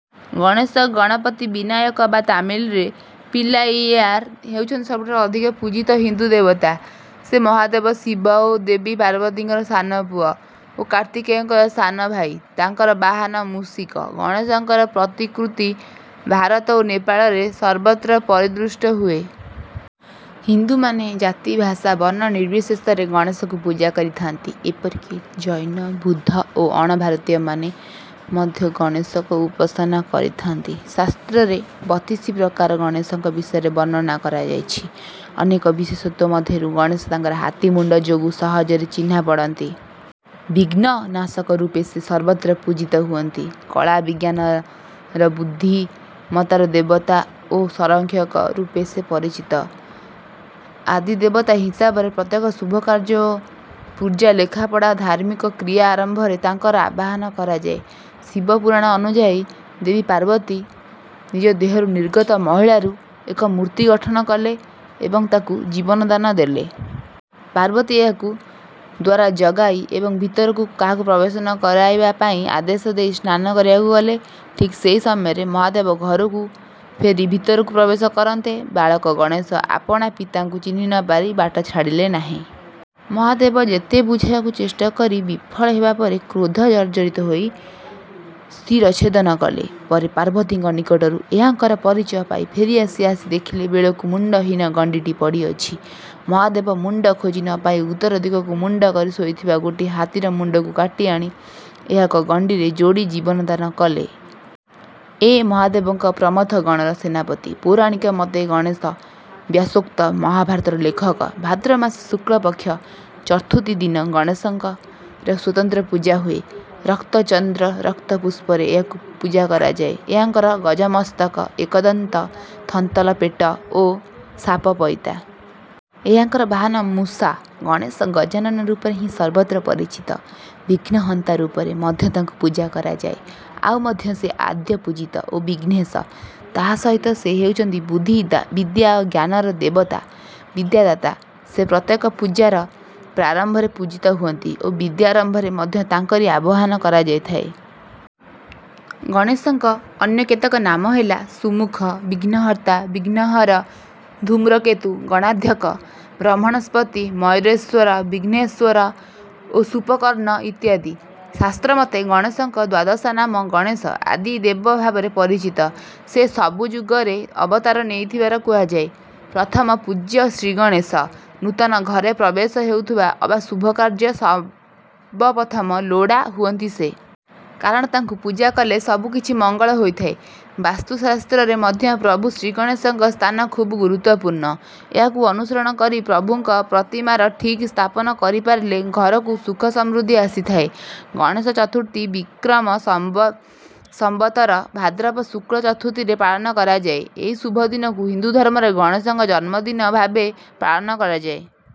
ଗଣେଶ, ଗଣପତି, ବିନାୟକ ବା ତାମିଲରେ ପିଲ୍ଲାଇୟାର ହେଉଛନ୍ତି ସବୁଠାରୁ ଅଧିକ ପୂଜିତ ହିନ୍ଦୁ ଦେବତା। ସେ ମହାଦେବ ଶିବ ଓ ଦେବୀ ପାର୍ବତୀଙ୍କର ସାନ ପୁଅ ଓ କାର୍ତ୍ତିକେୟଙ୍କର ସାନ ଭାଇ। ତାଙ୍କର ବାହନ ମୂଷିକ। ଗଣେଶଙ୍କର ପ୍ରତିକୃତି ଭାରତ ଓ ନେପାଳରେ ସର୍ବତ୍ର ପରିଦୃଷ୍ଟ ହୁଏ। ହିନ୍ଦୁମାନେ ଜାତି, ଭାଷା, ବର୍ଣ୍ଣ ନିର୍ବିଶେଷରେ ଗଣେଶଙ୍କୁ ପୂଜା କରିଥାନ୍ତି। ଏପରିକି ଜୈନ, ବୁଦ୍ଧ ଓ ଅଣଭାରତୀୟମାନେ ମଧ୍ୟ ଗଣେଶଙ୍କ ଉପାସନା କରିଥାନ୍ତି। ଶାସ୍ତ୍ରରେ ବତିଶି ପ୍ରକାର ଗଣେଶଙ୍କ ବିଷୟରେ ବର୍ଣ୍ଣନା କରାଯାଇଛି। ଅନେକ ବିଶେଷତ୍ୱ ମଧ୍ୟରୁ ଗଣେଶ ତାଙ୍କର ହାତୀ ମୁଣ୍ଡ ଯୋଗୁ ସହଜରେ ଚିହ୍ନା ପଡ଼ନ୍ତି। ବିଘ୍ନ ନାଶକ ରୂପେ ସେ ସର୍ବତ୍ର ପୂଜିତ ହୁଅନ୍ତି। କଳା, ବିଜ୍ଞାନର ଓ ବୁଦ୍ଧିମତ୍ତାର ଦେବତା ଓ ସଂରକ୍ଷକ ରୂପେ ସେ ପରିଚିତ। ଆଦି ଦେବତା ହିସାବରେ ପ୍ରତ୍ୟେକ ଶୁଭ କାର୍ଯ୍ୟ, ପୂଜା, ଲେଖାପଢ଼ା ଓ ଧାର୍ମିକ କ୍ରିୟା ଆରମ୍ଭରେ ତାଙ୍କର ଆବାହନ କରାଯାଏ। ଶିବ ପୁରାଣ ଅନୁଯାୟୀ ଦେବୀ ପାର୍ବତୀ ନିଜଦେହରୁ ନିର୍ଗତ ମଇଳାରୁ ଏକ ମୂର୍ତ୍ତି ଗଠନ କଲେ ଏବଂ ତାକୁ ଜୀବନ ଦାନ ଦେଲେ। ପାର୍ବତୀ ଏହାଙ୍କୁ ଦ୍ୱାର ଜଗାଇ ଏବଂ ଭିତରକୁ କାହାକୁ ପ୍ରବେଶ ନ କରେଇବା ପାଇଁ ଆଦେଶ ଦେଇ ସ୍ନାନ କରିବାକୁ ଗଲେ। ଠିକ୍ ସେହି ସମୟରେ ମହାଦେବ ଘରକୁ ଫେରି ଭିତରକୁ ପ୍ରବେଶ କରନ୍ତେ, ବାଳକ ଗଣେଶ ଆପଣା ପିତାଙ୍କୁ ଚିହ୍ନି ନ ପାରି ବାଟ ଛାଡ଼ିଲେ ନାହିଁ। ମହାଦେବ ଯେତେ ବୁଝାଇବାକୁ ଚେଷ୍ଟା କରି ବିଫଳ ହେବା ପରେ କ୍ରୋଧ ଜର୍ଜରିତ ହୋଇ ଶିର ଚ୍ଛେଦନ କଲେ। ପରେ ପାର୍ବତୀଙ୍କ ନିକଟରୁ ଏହାଙ୍କର ପରିଚୟ ପାଇ ଫେରି ଆସି ଦେଖିଲା ବେଳକୁ ମୁଣ୍ଡହୀନ ଗଣ୍ଡିଟି ପଡ଼ିଅଛି। ମହାଦେବ ମୁଣ୍ଡ ଖୋଜି ନ ପାଇ ଉତ୍ତରଦିଗକୁ ମୁଣ୍ଡକରି ଶୋଇଥିବା ଗୋଟିଏ ହାତୀର ମୁଣ୍ଡକୁ କାଟି ଆଣି ଏହାଙ୍କ ଗଣ୍ଡିରେ ଯୋଡ଼ି ଜୀବନ ଦାନ କଲେ। ଏ ମହାଦେବଙ୍କ ପ୍ରମଥ ଗଣର ସେନାପତି। ପୌରାଣିକ ମତେ ଗଣେଶ ବ୍ୟାସୋକ୍ତ ମହାଭାରତର ଲେଖକ। ଭାଦ୍ରବ ମାସ ଶୁକ୍ଳ ପକ୍ଷ ଚତୁର୍ଥୀ ଦିନ ଗଣେଶଙ୍କର ସ୍ୱତନ୍ତ୍ର ପୂଜା ହୁଏ। ରକ୍ତ ଚନ୍ଦ୍ର, ରକ୍ତ ପୁଷ୍ପରେ ଏହାଙ୍କୁ ପୂଜା କରାଯାଏ। ଏହାଙ୍କର ଗଜମସ୍ତକ, ଏକଦନ୍ତ, ଥନ୍ତଲ ପେଟ ଓ ସାପ ପଇତା। ଏହାଙ୍କର ବାହନ ମୂଷା। ଗଣେଶ ଗଜାନନ ରୂପରେ ହିଁ ସର୍ବତ୍ର ପରିଚିତ। ବିଘ୍ନହନ୍ତା ରୂପରେ ମଧ୍ୟ ତାଙ୍କୁ ପୂଜା କରାଯାଏ। ଆଉମଧ୍ୟ ସେ ଆଦ୍ୟପୂଜିତ ଓ ବିଘ୍ନେଶ। ତା ସହିତ ସେ ହେଉଛନ୍ତି ବୁଦ୍ଧି, ବିଦ୍ୟା ବା ଜ୍ଞାନର ଦେବତା, ବିଦ୍ୟାଦାତା। ସେ ପ୍ରତ୍ୟେକ ପୂଜାର ପ୍ରାରମ୍ଭରେ ପୂଜିତ ହୁଅନ୍ତି ଓ ବିଦ୍ୟାରମ୍ଭରେ ମଧ୍ୟ ତାଙ୍କରି ଆବାହନ କରାଯାଇଥାଏ। ଗଣେଶଙ୍କ ଅନ୍ୟ କେତେକ ନାମ ହେଲା: ସୁମୂଖ, ବିଘ୍ନହର୍ତ୍ତା, ବିଘ୍ନହର, ଧୂମ୍ରକେତୁ, ଗଣାଧ୍ୟକ୍ଷ, ବ୍ରହ୍ମଣସ୍ପତୀ, ମୟୂରେଶ୍ୱର, ବିଘ୍ନେଶ୍ୱର ଓ ଶୂର୍ପକର୍ଣ୍ଣ ଇତ୍ୟାଦି। ଶାସ୍ତ୍ର ମତେ ଗଣେଶଙ୍କ ଦ୍ୱାଦଶନାମ: ଗଣେଶ ଆଦିଦେବ ଭାବରେ ପରିଚିତ। ସେ ସବୁଯୁଗରେ ଅବତାର ନେଇଥିବାର କୁହାଯାଏ। ପ୍ରଥମ ପୂଜ୍ୟ ଶ୍ରୀଗଣେଶ। ନୂତନ ଘରେ ପ୍ରବେଶ ହେଉ ଅବା ଶୁଭ କାର୍ଯ୍ୟ, ସର୍ବ ପ୍ରଥମେ ଲୋଡ଼ା ହୁଅନ୍ତି ସେ। କାରଣ ତାଙ୍କୁ ପୂଜା କଲେ ସବୁକିଛି ମଙ୍ଗଳ ହୋଇଥାଏ। ବାସ୍ତୁଶାସ୍ତ୍ରରେ ମଧ୍ୟ ପ୍ରଭୁ ଶ୍ରୀଗଣେଶଙ୍କ ସ୍ଥାନ ଖୁବ ଗୁରୁତ୍ୱପୂର୍ଣ୍ଣ। ଏହାକୁ ଅନୁସରଣ କରି ପ୍ରଭୁଙ୍କ ପ୍ରତିମାର ଠିକ୍ ସ୍ଥାପନ କରି ପାରିଲେ ଘରକୁ ସୁଖସମୃଦ୍ଧି ଆସିଥାଏ। ଗଣେଶ ଚତୁର୍ଥୀ, ବିକ୍ରମ ସଂବତର ଭାଦ୍ରବ ଶୁକ୍ଳ ଚତୁର୍ଥୀରେ ପାଳନ କରାଯାଏ। ଏହି ଶୁଭଦିନକୁ ହିନ୍ଦୁଧର୍ମରେ ଗଣେଶଙ୍କ ଜନ୍ମ ଦିନ ଭାବେ ପାଳନ କରାଯାଏ।